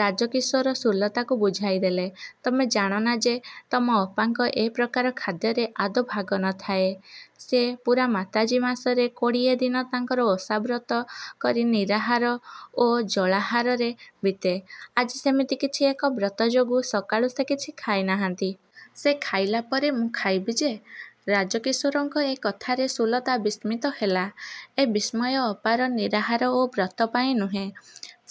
ରାଜକିଶୋର ସୁଲତାକୁ ବୁଝାଇଦେଲେ, ତମେ ଜାଣନା ଯେ ତମ ଅପାଙ୍କର ଏ ପ୍ରକାର ଖାଦ୍ୟରେ ଆଦୌ ଭାଗ ନ ଥାଏ। ସେ ପୂରା ମାତାଜୀ ମାସରେ କୋଡ଼ିଏ ଦିନ ତାଙ୍କର ଓଷା ବ୍ରତ କରି ନିରାହାର ଓ ଜଳାହାରରେ ବିତେ। ଆଜି ସେମିତି କିଛି ଏକ ବ୍ରତ ଯୋଗୁ ସକାଳୁ ସେ କିଛି ଖାଇନାହାଁନ୍ତି। ସେ ଖାଇଲା ପରେ ମୁଁ ଖାଇବି ଯେ। ରାଜକିଶୋରଙ୍କ ଏ କଥାରେ ସୁଲତା ବିସ୍ମିତ ହେଲା। ଏ ବିସ୍ମୟ ଅପାର ନିରାହାର ଓ ବ୍ରତ ପାଇଁ ନୁହେଁ।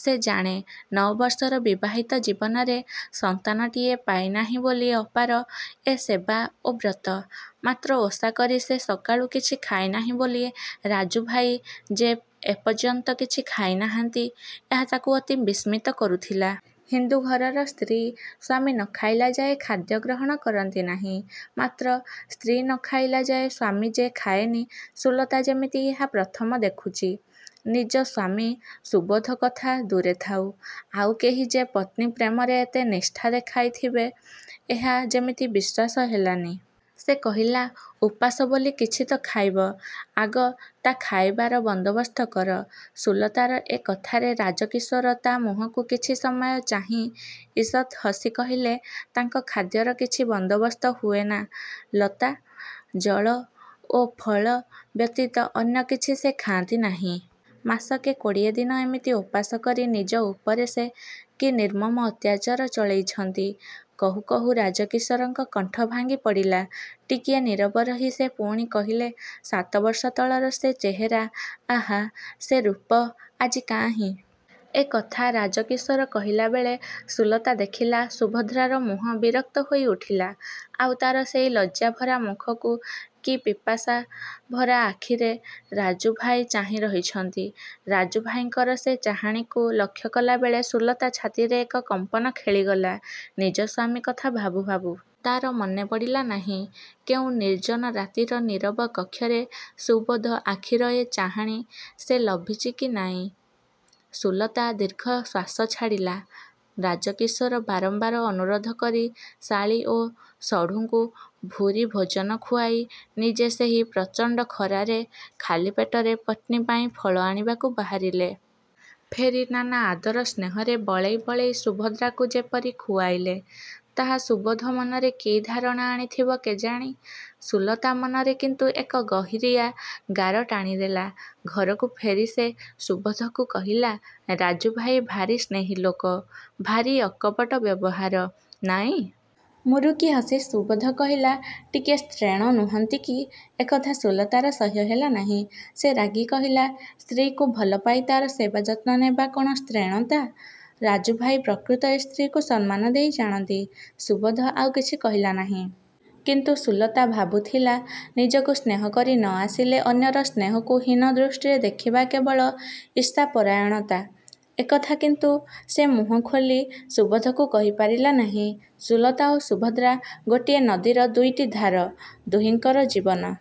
ସେ ଜାଣେ ନଅବର୍ଷର ବିବାହିତ ଜୀବନରେ ସନ୍ତାନଟିଏ ପାଇନାହିଁ ବୋଲି ଅପାର ଏ ସେବା ଓ ବ୍ରତ। ମାତ୍ର ଓଷାକରି ସେ ସକାଳୁ କିଛି ଖାଇନାହିଁ ବୋଲି ରାଜୁଭାଇ ଯେ ଏପର୍ଯ୍ୟନ୍ତ କିଛି ଖାଇନାହାଁନ୍ତି, ଏହା ତାକୁ ଅତି ବିସ୍ମିତ କରୁଥିଲା। ହିନ୍ଦୁ ଘରର ସ୍ତ୍ରୀ ସ୍ଵାମୀ ନ ଖାଇଲାଯାଏ ଖାଦ୍ୟ ଗ୍ରହଣ କରନ୍ତି ନାହିଁ। ମାତ୍ର ସ୍ତ୍ରୀ ନ ଖାଇଲା ଯାଏ ସ୍ଵାମୀ ଯେ ଖାଏନି, ସୁଲତା ଯେମିତି ଏହା ପ୍ରଥମ ଦେଖୁଚି। ନିଜ ସ୍ଵାମୀ ସୁବୋଧ କଥା ଦୂରେଥାଉ, ଆଉ କେହି ଯେ ପତ୍ନୀ ପ୍ରେମରେ ଏତେ ନିଷ୍ଠା ଦେଖାଇଥିବେ ଏହା ଯେମିତି ବିଶ୍ଵାସ ହେଲାନି। ସେ କହିଲା, ଉପାସ ବୋଲି କିଛି ତ ଖାଇବ, ଆଗ ତା ଖାଇବାର ବନ୍ଦୋବସ୍ତ କର। ସୁଲତାର ଏ କଥାରେ ରାଜକିଶୋର ତା ମୁହଁକୁ କିଛି ସମୟ ଚାହିଁ ଈଷତ୍ ହସି କହିଲେ, ତାଙ୍କ ଖାଦ୍ୟର କିଛି ବନ୍ଦୋବସ୍ତ ହୁଏନା ଲତା, ଜଳ ଓ ଫଳ ବ୍ୟତୀତ ଅନ୍ୟ କିଛି ସେ ଖାଆନ୍ତି ନାହିଁ। ମାସକେ କୋଡ଼ିଏ ଦିନ ଏମିତି ଓପାସ କରି ନିଜ ଉପରେ ସେ କି ନିର୍ମମ ଅତ୍ୟାଚାର ଚଳେଇଛନ୍ତି। କହୁ କହୁ ରାଜକିଶୋରଙ୍କ କଣ୍ଠ ଭାଙ୍ଗି ପଡ଼ିଲା ଟିକିଏ ନୀରବ ରହି ସେ ପୁଣି କହିଲେ, ସାତବର୍ଷ ତଳର ସେ ଚେହେରା ଆଃ ସେ ରୂପ ଆଜି କାହିଁ? ଏକଥା ରାଜକିଶୋର କହିଲାବେଳେ ସୁଲତା ଦେଖିଲା ସୁଭଦ୍ରାର ମୁହଁ ବିରକ୍ତ ହୋଇ ଉଠିଲା। ଆଉ ତାର ସେଇ ଲଜ୍ଜାଭରା ମୁଖକୁ କି ପିପାଶାଭରା ଆଖିରେ ରାଜୁଭାଇ ଚାହିଁ ରହିଛନ୍ତି। ରାଜୁଭାଇଙ୍କର ସେ ଚାହାଣୀକୁ ଲକ୍ଷ୍ୟ କଲାବେଳେ ସୁଲତା ଛାତିରେ ଏକ କମ୍ପନ ଖେଳିଗଲା ନିଜ ସ୍ୱାମୀ କଥା ଭାବୁ ଭାବୁ। ତାର ମନେପଡ଼ିଲା ନାହିଁ କେଉଁ ନିର୍ଜନ ରାତିର ନୀରବ କକ୍ଷରେ ସୁବୋଧ ଆଖିର ଏ ଚାହାଣୀ ସେ ଲଭିଚି କି ନାଇଁ। ସୁଲତା ଦୀର୍ଘଶ୍ଵାସ ଛାଡ଼ିଲା। ରାଜକିଶୋର ବାରମ୍ବାର ଅନୁରୋଧ କରି ଶାଳୀ ଓ ଶଢ଼ୁଙ୍କୁ ଭୁରି ଭୋଜନ ଖୁଆଇ ନିଜେ ସେହି ପ୍ରଚଣ୍ଡ ଖରାରେ, ଖାଲି ପେଟରେ ପତ୍ନୀ ପାଇଁ ଫଳ ଆଣିବାକୁ ବାହାରିଲେ। ଫେରି ନାନା ଆଦର ସ୍ନେହରେ ବଳେଇ ବଳେଇ ସୁଭଦ୍ରାକୁ ଯେପରି ଖୁଆଇଲେ, ତାହା ସୁବୋଧ ମନରେ କି ଧାରଣା ଆଣିଥିବ କେଜାଣି, ସୁଲତା ମନରେ କିନ୍ତୁ ଏକ ଗହୀରିଆ ଗାର ଟାଣି ଦେଲା। ଘରକୁ ଫେରି ସେ ସୁବୋଧକୁ କହିଲା, ରାଜୁଭାଇ ଭାରି ସ୍ନେହୀ ଲୋକ, ଭାରି ଅକପଟ ବ୍ୟବହାର, ନାଇଁ? ମୁରୁକି ହସି ସୁବୋଧ କହିଲା, ଟିକିଏ ସ୍ତ୍ରୈଣ ନୁହନ୍ତି କି? ଏକଥା ସୁଲତାର ସହ୍ୟ ହେଲା ନାହିଁ। ସେ ରାଗି କହିଲା, ସ୍ତ୍ରୀକୁ ଭଲପାଇ ତାର ସେବାଯତ୍ନ ନେବା କଣ ସ୍ତ୍ରୈଣତା? ରାଜୁଭାଇ ପ୍ରକୃତରେ ସ୍ତ୍ରୀକୁ ସମ୍ମାନ ଦେଇ ଜାଣନ୍ତି। ସୁବୋଧ ଆଉ କିଛି କହିଲା ନାହିଁ। କିନ୍ତୁ ସୁଲତା ଭାବୁଥିଲା ନିଜକୁ ସ୍ନେହ କରି ନ ଆସିଲେ ଅନ୍ୟର ସ୍ନେହକୁ ହୀନ ଦୃଷ୍ଟିରେ ଦେଖିବା କେବଳ ଈର୍ଷାପରାୟଣତା, ଏକଥା କିନ୍ତୁ ସେ ମୁହଁ ଖୋଲି ସୁବୋଧକୁ କହିପାରିଲା ନାହିଁ। ସୁଲତା ଓ ସୁଭଦ୍ରା ଗୋଟିଏ ନଦୀର ଦୁଇଟି ଧାର, ଦୁହିଙ୍କର ଜୀବନ।